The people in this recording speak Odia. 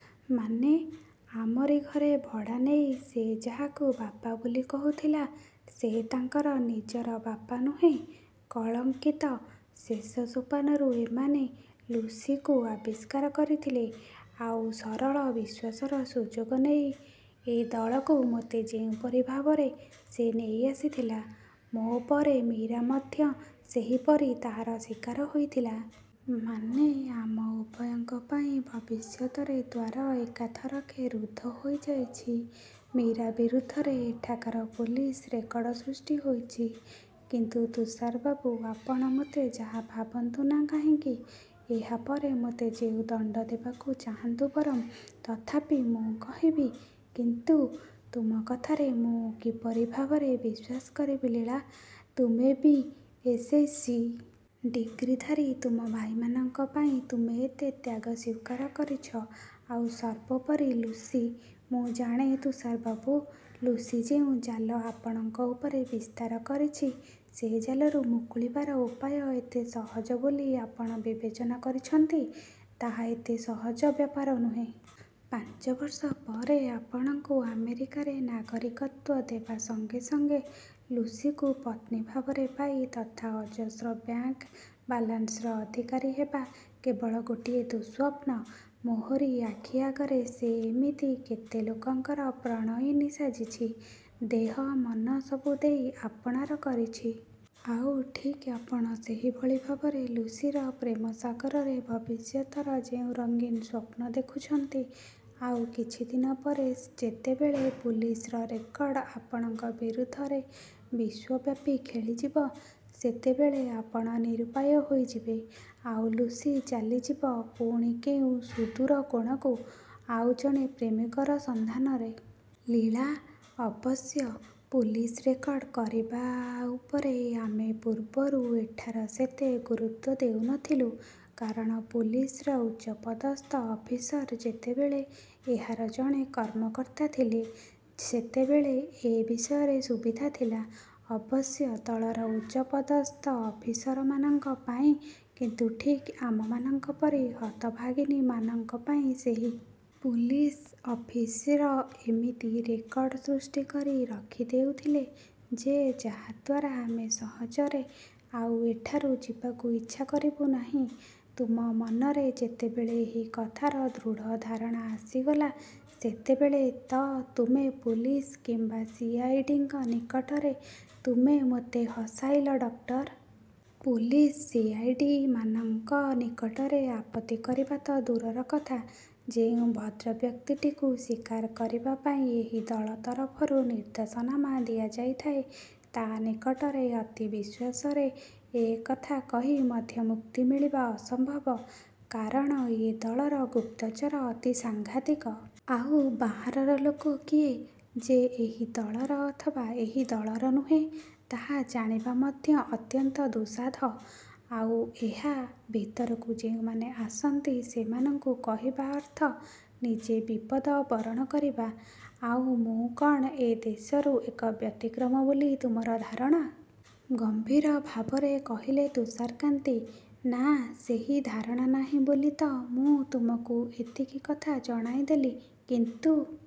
ମାନେ? ଆମରି ଘରେ ଭଡ଼ା ନେଇ ସେ ଯାହାକୁ ବାପା ବୋଲି କହୁଥିଲା, ସେ ତାର ନିଜର ବାପା ନୁହେଁ। କଳଙ୍କିତ ଶେଷ ସୋପାନରୁ ଏମାନେ ଲୁସିକୁ ଆବିଷ୍କାର କରିଥିଲେ। ଆଉ ସରଳ ବିଶ୍ୱାସର ସୁଯୋଗ ନେଇ ଏ ଦଳକୁ ମୋତେ ଯେଉଁପରି ଭାବରେ ସେ ନେଇଆସିଥିଲା, ମୋ ପରେ ମୀରା ମଧ୍ୟ ସେହିପରି ତାହାର ଶିକାର ହୋଇଥିଲା। ମାନେ, ଆମ ଉଭୟଙ୍କ ପାଇଁ ଭବିଷ୍ୟତରେ ଦ୍ୱାର ଏକାଥରେ ରୁଦ୍ଧ ହୋଇଯାଇଛି। ମୀରା ବିରୁଦ୍ଧରେ ଏଠାକାର ପୋଲିସ୍ ରେକର୍ଡ ସୃଷ୍ଟି ହୋଇଛି। କିନ୍ତୁ ତୁଷାର ବାବୁ, ଆପଣ ମୋତେ ଯାହା ଭାବନ୍ତୁ ନା କାହିଁକି, ଏହା ପରେ ମୋତେ ଯେଉଁ ଦଣ୍ଡ ଦେବାକୁ ଚାହାନ୍ତୁ ବରଂ, ତଥାପି ମୁଁ କହିବି କିନ୍ତୁ ତୁମ କଥାରେ ମୁଁ କିପରି ଭାବରେ ବିଶ୍ୱାସ କରିବି ଲୀଳା, ତୁମେ ବି.ଏସ୍‌ସି. ଡିଗ୍ରୀଧାରୀ, ତୁମ ଭାଇମାନଙ୍କ ପାଇଁ ତୁମେ ଏତେ ତ୍ୟାଗ ସ୍ୱୀକାର କରିଛ, ଆଉ ସର୍ବୋପରି ଲୁସି। ମୁଁ ଜାଣେ ତୁଷାର ବାବୁ, ଲୁସି ଯେଉଁ ଜାଲ ଆପଣଙ୍କ ଉପରେ ବିସ୍ତାର କରିଛି, ସେ ଜାଲରୁ ମୁକୁଳିବାର ଉପାୟ ଯେତେ ସହଜ ବୋଲି ଆପଣ ବିବେଚନା କରିଛନ୍ତି, ତାହା ଏତେ ସହଜ ବ୍ୟାପାର ନୁହେଁ। ପାଞ୍ଚ ବର୍ଷ ପରେ ଆପଣଙ୍କୁ ଆମେରିକାରେ ନାଗରିକତ୍ୱ ଦେବା ସଙ୍ଗେ ସଙ୍ଗେ ଲୁସିକୁ ପତ୍ନୀ ଭାବରେ ପାଇ ତଥା ଅଜସ୍ର ବ୍ୟାଙ୍କ ବାଲାନ୍ସର ଅଧିକାରୀ ହେବା କେବଳ ଗୋଟିଏ ଦୁଃସ୍ୱପ୍ନ। ମୋହରି ଆଖି ଆଗରେ ସେ ଏମିତି କେତେ ଲୋକଙ୍କର ପ୍ରଣୟିନୀ ସାଜିଛି। ଦେହ ମନ ସବୁ ଦେଇ ଆପଣାର କରିଛି। ଆଉ ଠିକ୍ ଆପଣ ସେହିଭଳି ଭାବରେ ଲୁସିର ପ୍ରେମ ସାଗରରେ ଭବିଷ୍ୟତର ଯେଉଁ ରଙ୍ଗୀନ୍ ସ୍ୱପ୍ନ ଦେଖୁଛନ୍ତି, ଆଉ କିଛିଦିନ ପରେ ଯେତେବେଳେ ପୋଲିସ୍‌ର ରେକର୍ଡ ଆପଣଙ୍କ ବିରୁଦ୍ଧରେ ବିଶ୍ୱବ୍ୟାପୀ ଖେଳିଯିବ, ସେତେବେଳେ ଆପଣ ନିରୁପାୟ ହୋଇଯିବେ, ଆଉ ଲୁସି ଚାଲିଯିବ ପୁଣି କେଉଁ ସୁଦୂର କୋଣକୁ ଆଉ ଜଣେ ପ୍ରେମିକର ସନ୍ଧାନରେ। ଲୀଳା, ଅବଶ୍ୟ ପୋଲିସ୍ ରେକର୍ଡ ଉପରେ ଆମେ ପୂର୍ବରୁ ଏଠାରେ ସେତେ ଗୁରୁତ୍ୱ ଦେଉନଥିଲୁ। କାରଣ ପୋଲିସ୍‌ର ଉଚ୍ଚପଦସ୍ଥ ଅଫିସର ଯେତେବେଳେ ଏହାର ଜଣେ କର୍ମକର୍ତ୍ତା ଥିଲେ, ସେତେବେଳେ ଏ ବିଷୟରେ ସୁବିଧା ଥିଲା, ଅବଶ୍ୟ ଦଳର ଉଚ୍ଚପଦସ୍ଥ ଅଫିସରମାନଙ୍କ ପାଇଁ। କିନ୍ତୁ ଠିକ୍ ଆମମାନଙ୍କ ପରି ହତଭାଗିନୀମାନଙ୍କ ପାଇଁ ସେହି। ପୋଲିସ୍ ଅଫିସର ଏମିତି ରେକର୍ଡ ସୃଷ୍ଟି କରି ରଖିଦେଉଥିଲେ ଯେ, ଯାହାଦ୍ୱାରା ଆମେ ସହଜରେ ଆଉ ଏଠାରୁ ଯିବାକୁ ଇଚ୍ଛା କରିବୁ ନାହିଁ। ତୁମ ମନରେ ଯେତେବେଳେ ଏହି କଥାର ଦୃଢ଼ ଧାରଣା ଆସିଗଲା, ସେତେବେଳେ ତ ତୁମେ ପୋଲିସ୍ କିମ୍ବା ସି.ଆଇ.ଡି.ଙ୍କ ନିକଟରେ ତୁମେ ମୋତେ ହସାଇଲ, ଡକ୍ଟର। ପୋଲିସ୍, ସି.ଆଇ.ଡି.ମାନଙ୍କ ନିକଟରେ ଆପତ୍ତି କରିବା ତ ଦୂରର କଥା, ଯେଉଁ ଭଦ୍ରବ୍ୟକ୍ତିଟିକୁ ଶିକାର କରିବା ପାଇଁ ଏହି ଦଳ ତରଫରୁ ନିର୍ଦ୍ଦେଶନାମା ଦିଆଯାଇଥାଏ, ତା ନିକଟରେ ଅତି ବିଶ୍ୱାସରେ ଏ କଥା କହି ମଧ୍ୟ ମୁକ୍ତି ମିଳିବା ଅସମ୍ଭବ। କାରଣ ଏ ଦଳର ଗୁପ୍ତଚର ଅତି ସାଙ୍ଘାତିକ। ଆଉ ବାହାରର ଲୋକ କିଏ ଯେ ଏହି ଦଳର ଅଥବା ଏହି ଦଳର ନୁହେଁ, ତାହା ଜାଣିବା ମଧ୍ୟ ଅତ୍ୟନ୍ତ ଦୁଃସାଧ। ଆଉ ଏହା ଭିତରକୁ ଯେଉଁମାନେ ଆସନ୍ତି, ସେମାନଙ୍କୁ କହିବା ଅର୍ଥ ନିଜେ ବିପଦ ବରଣ କରିବା। ଆଉ ମୁଁ କଣ ଏ ଦେଶରୁ ଏକ ବ୍ୟତିକ୍ରମ ବୋଲି ତୁମର ଧାରଣା? ଗମ୍ଭୀର ଭାବରେ କହିଲେ ତୁଷାରକାନ୍ତି। ନା, ସେହି ଧାରଣା ନାହିଁ ବୋଲି ତ ମୁଁ ତୁମକୁ ଏତିକି କଥା ଜଣାଇଦେଲି। କିନ୍ତୁ